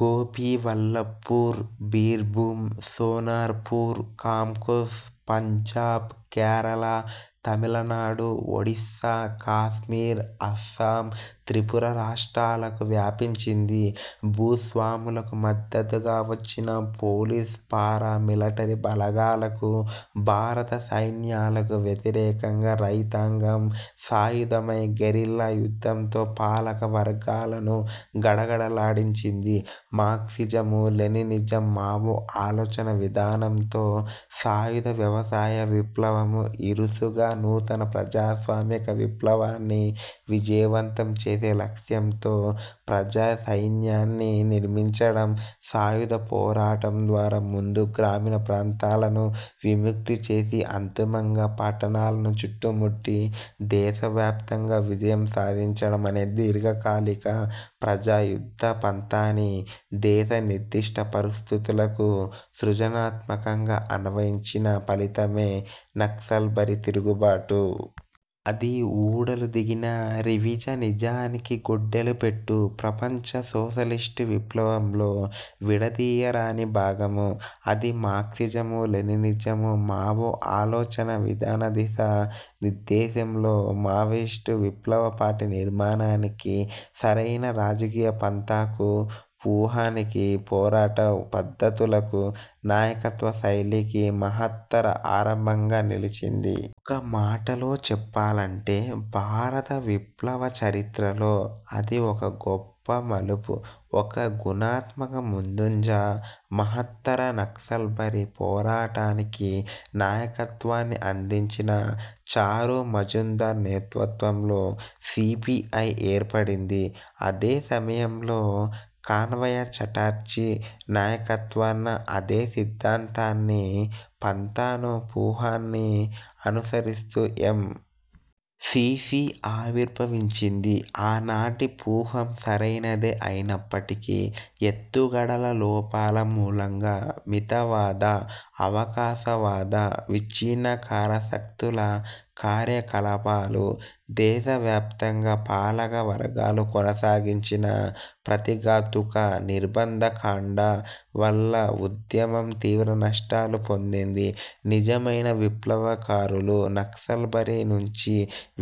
Gopiballavpur, Birbhum, Sonarpur, కామ్క్స, పంజాబ్, కేరళ, తమిళనాడు, ఒడిశా, కశ్మీర్, అస్సామ్, త్రిపుర రాష్ట్రాలకు వ్యాపించింది. భూస్వాములకు మద్దతుగా వచ్చిన పోలీసు పారా మిలిటరీ బలగాలకు, భారత సైన్యాలకు వ్యతిరేకంగా రైతాంగం సాయుధమై గెరిల్లా యుద్ధంతో పాలకవర్గాలను గడగడలాడించింది. మార్క్సిజం, లెనినిజం, మావో ఆలోచనా విధానంతో సాయుధ వ్యవసాయ విప్లవం ఇరుసుగా నూతన ప్రజాస్వామిక విప్లవాన్ని విజయవంతం చేసే లక్ష్యంతో ప్రజాసైన్యాన్ని నిర్మించడం సాయుధ పోరాటం ద్వారా ముందు గ్రామీణ ప్రాంతాలను విముక్తి చేసి అంతిమంగా పట్టణాలను చుట్టుముట్టి దేశవ్యాప్తంగా విజయం సాధించడం అనే దీర్ఘకాలిక ప్రజాయుద్ధ పంథాని దేశ నిర్దిష్ట పరిస్థితులకు సృజనాత్మకంగా అన్వయించిన ఫలితమే నక్సల్బరీ తిరుగుబాటు. అది ఊడలు దిగిన రివిజ నిజానికి గొడ్డలిపెట్టు. ప్రపంచ సోషలిస్టు విప్లవంలో విడదీయరాని భాగం. అది మార్క్సిజము, లెనినిజం, మావో ఆలోచనా విధాన దిశా నిర్దేశంలో మావోయిస్టు విప్లవ పార్టీ నిర్మాణానికి, సరి యైన రాజకీయ పంథాకు, వ్యూహానికి, పోరాట పద్ధతులకు, నాయకత్వ శైలికి మహత్తర ఆరంభంగా నిలిచింది. ఒక మాటలో చెప్పాలంటే భారత విప్లవ చరిత్రలో అది ఒక గొప్ప మలుపు. ఒక గుణాత్మక ముందంజ. మహత్తర నక్సల్బరీ పోరాటానికి నాయకత్వాన్ని అందించిన చారు మజుందార్ నేతృత్వంలో సి. పి. ఐ. ఏర్పడింది. అదే సమయంలో కన్హయ చటర్జీ నాయకత్వాన అదే సిద్ధాంతాన్నీ, పంథాను, వ్యూహాన్నీ అనుసరిస్తూ ఎం. సి. సి. ఆవిర్భవించింది. ఆనాటి వ్యూహం సరైనదే అయినప్పటికీ ఎత్తుగడల లోపాల మూలంగా మితవాద, అవకాశవాద విచ్ఛిన్నకర శక్తుల కార్యకలాపాలు, దేశవ్యాప్తంగా పాలకవర్గాలు కొనసాగించిన ప్రతిఘాతుక నిర్బంధకాండ వల్ల ఉద్యమం తీవ్ర నష్టాలు పొందింది. నిజమైన విప్లవకారులు నక్సల్బరీ నుంచి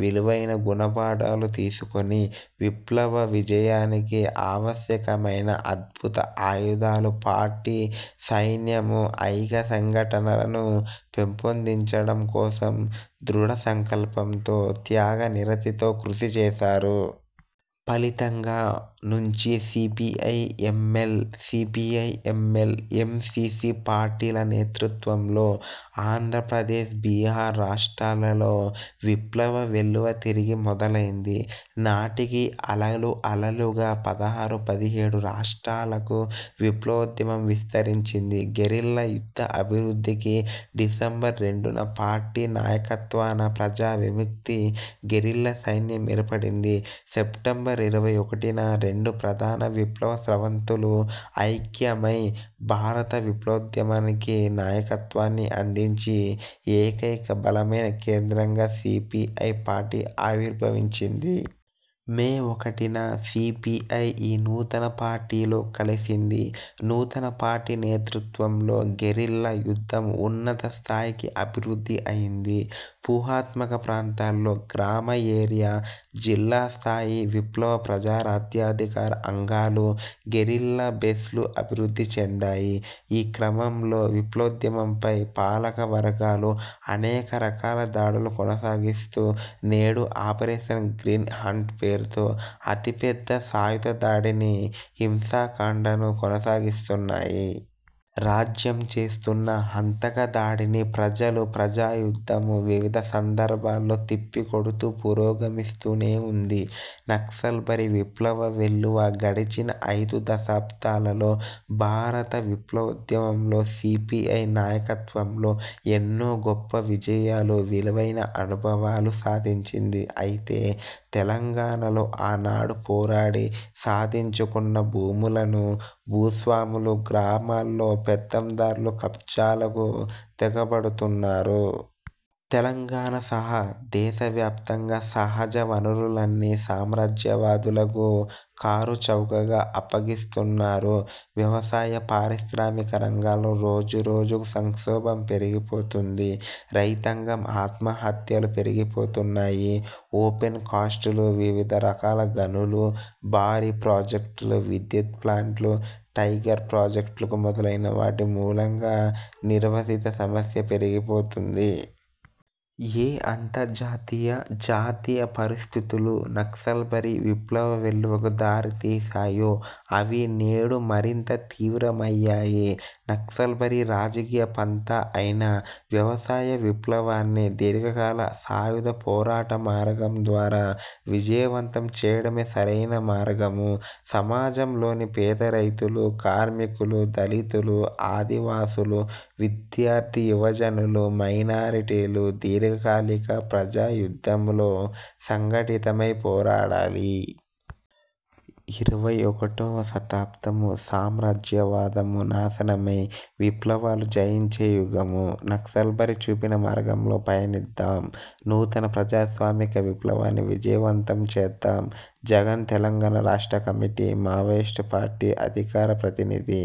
విలువైన గుణపాఠాలు తీసుకొని విప్లవ విజయానికి అవశ్యకమైన అద్భుత ఆయుధాలు పార్టీ, సైన్యం, ఐక్య సంఘటనలను పెంపొందించడం కోసం ధృఢ సంకల్పంతో, త్యాగనిరతితో కృషి చేశారు. ఫలితంగా నుంచి సిపిఐ–ఎంఎల్, సిపిఐ–ఎంల్, ఎంసిసి పార్టీల నేతృత్వంలో ఆంధ్రప్రదేశ్, బీహార్ రాష్ట్రాలలో విప్లవ వెల్లువ తిరిగి మొదలైంది. నాటికి అలలు అలలుగా పదహారు–పదిహేడు రాష్ట్రాలకు విప్లవోద్యమం విస్తరించింది. గెరిల్లా యుద్ధ అభివృద్ధికి డిసెంబర్ రెండున పార్టీ నాయకత్వాన ప్రజావిముక్తి గెరిల్లా సైన్యం ఏర్పడింది. సెప్టెంబర్ ఇరవై ఒకటిన రెండు ప్రధాన విప్లవ స్రవంతులు ఐక్యమై భారత విప్లవోద్యమానికి నాయకత్వాన్ని అందించి ఏకైక బలమైన కేంద్రంగా సిపిఐ పార్టీ ఆవిర్భవించింది. మేఒకటిన సిపిఐ ఈ నూతన పార్టీలో కలిసింది. నూతన పార్టీ నేతృత్వంలో గెరిల్లా యుద్ధం ఉన్నత స్థాయికి అభివృద్ధి అయింది. వ్యూహాత్మక ప్రాంతాల్లో గ్రామ ఏరియా, జిల్లా స్థాయి, విప్లవ ప్రజారాజ్యాధికార అంగాలు, గెరిల్లా బేస్లు అభివృద్ధి చెందాయి. ఈ క్రమంలో విప్లవోద్యమంపై పాలకవర్గాలు అనేక రకాల దాడులు కొనసాగిస్తూ నేడు ఆపరేషన్ గ్రీన్ హంట్ పేరుతో అతి పెద్ద సాయుధ దాడిని, హింసాకాండను కొనసాగిస్తున్నాయి. రాజ్యం చేస్తున్న హంతక దాడిని ప్రజలు, ప్రజాయుద్ధం వివిధ సందర్భాల్లో తిప్పికొడుతూ పురోగమిస్తూనే ఉంది. నక్సల్బరీ విప్లవవెల్లువ గడిచిన అయిదు దశాబ్దాలలో భారత విప్లవోద్యమంలో సిపిఐ నాయకత్వంలో ఎన్నో గొప్ప విజయాలు, విలువైన అనుభవాలు సాధించింది. అయితే తెలంగాణలో ఆనాడు పోరాడి సాధించుకొన్న భూములను, భూస్వాములు, గ్రామాల్లో పెత్తందార్లు కబ్జాలకు తెగబడుతున్నారు. తెలంగాణసహా దేశవ్యాప్తంగా సహజ వనరులన్నీ సామ్రాజ్యవాదులకు కారుచౌకగా అప్పగిస్తున్నారు. వ్యవసాయ, పారిశ్రామిక రంగాలలో రోజురోజుకు సంక్షోభం పెరిగిపోతోంది. రైతాంగం ఆత్మహత్యలు పెరిగిపోతున్నాయి. ఓపెన్ కాస్టులు, వివిధ రకాల గనులు, భారీ ప్రాజెక్టులు, విద్యుత్ ప్లాంట్లు, టైగర్ ప్రాజెక్టులు మొదలైన వాటి మూలంగా నిర్వాసిత సమస్య పెరిగిపోతుంది. ఏ అంతర్జాతీయ, జాతీయ పరిస్థితులు నక్సల్బరీ విప్లవ వెల్లువకు దారి తీసాయో అవి నేడు మరింత తీవ్రమయ్యాయి. నక్సల్బరీ రాజకీయ పంథా అయిన వ్యవసాయ విప్లవాన్ని దీర్ఘకాల సాయుధ పోరాట మార్గం ద్వారా విజయవంతం చేయడమే సరైన మార్గం. సమాజంలోని పేద రైతులు, కార్మికులు, దళితులు, ఆదివాసీలు, విద్యార్థి యువజనులు, మైనారిటీలు దీర్ఘకాలిక ప్రజాయుద్ధంలో సంఘటితమై పోరాడాలి. ఇరవై ఒకటివ శతాబ్దం సామ్రాజ్యవాదం నాశనమై, విప్లవాలు జయించే యుగం! నక్సల్బరీ చూపిన మార్గంలో పయనిద్దాం, నూతన ప్రజాస్వామిక విప్లవాన్ని విజయవంతం చేద్దాం! జగన్ తెలంగాణ రాష్ట్ర కమిటీ, మావోయిస్ట్ పార్టీ, అధికార ప్రతినిధి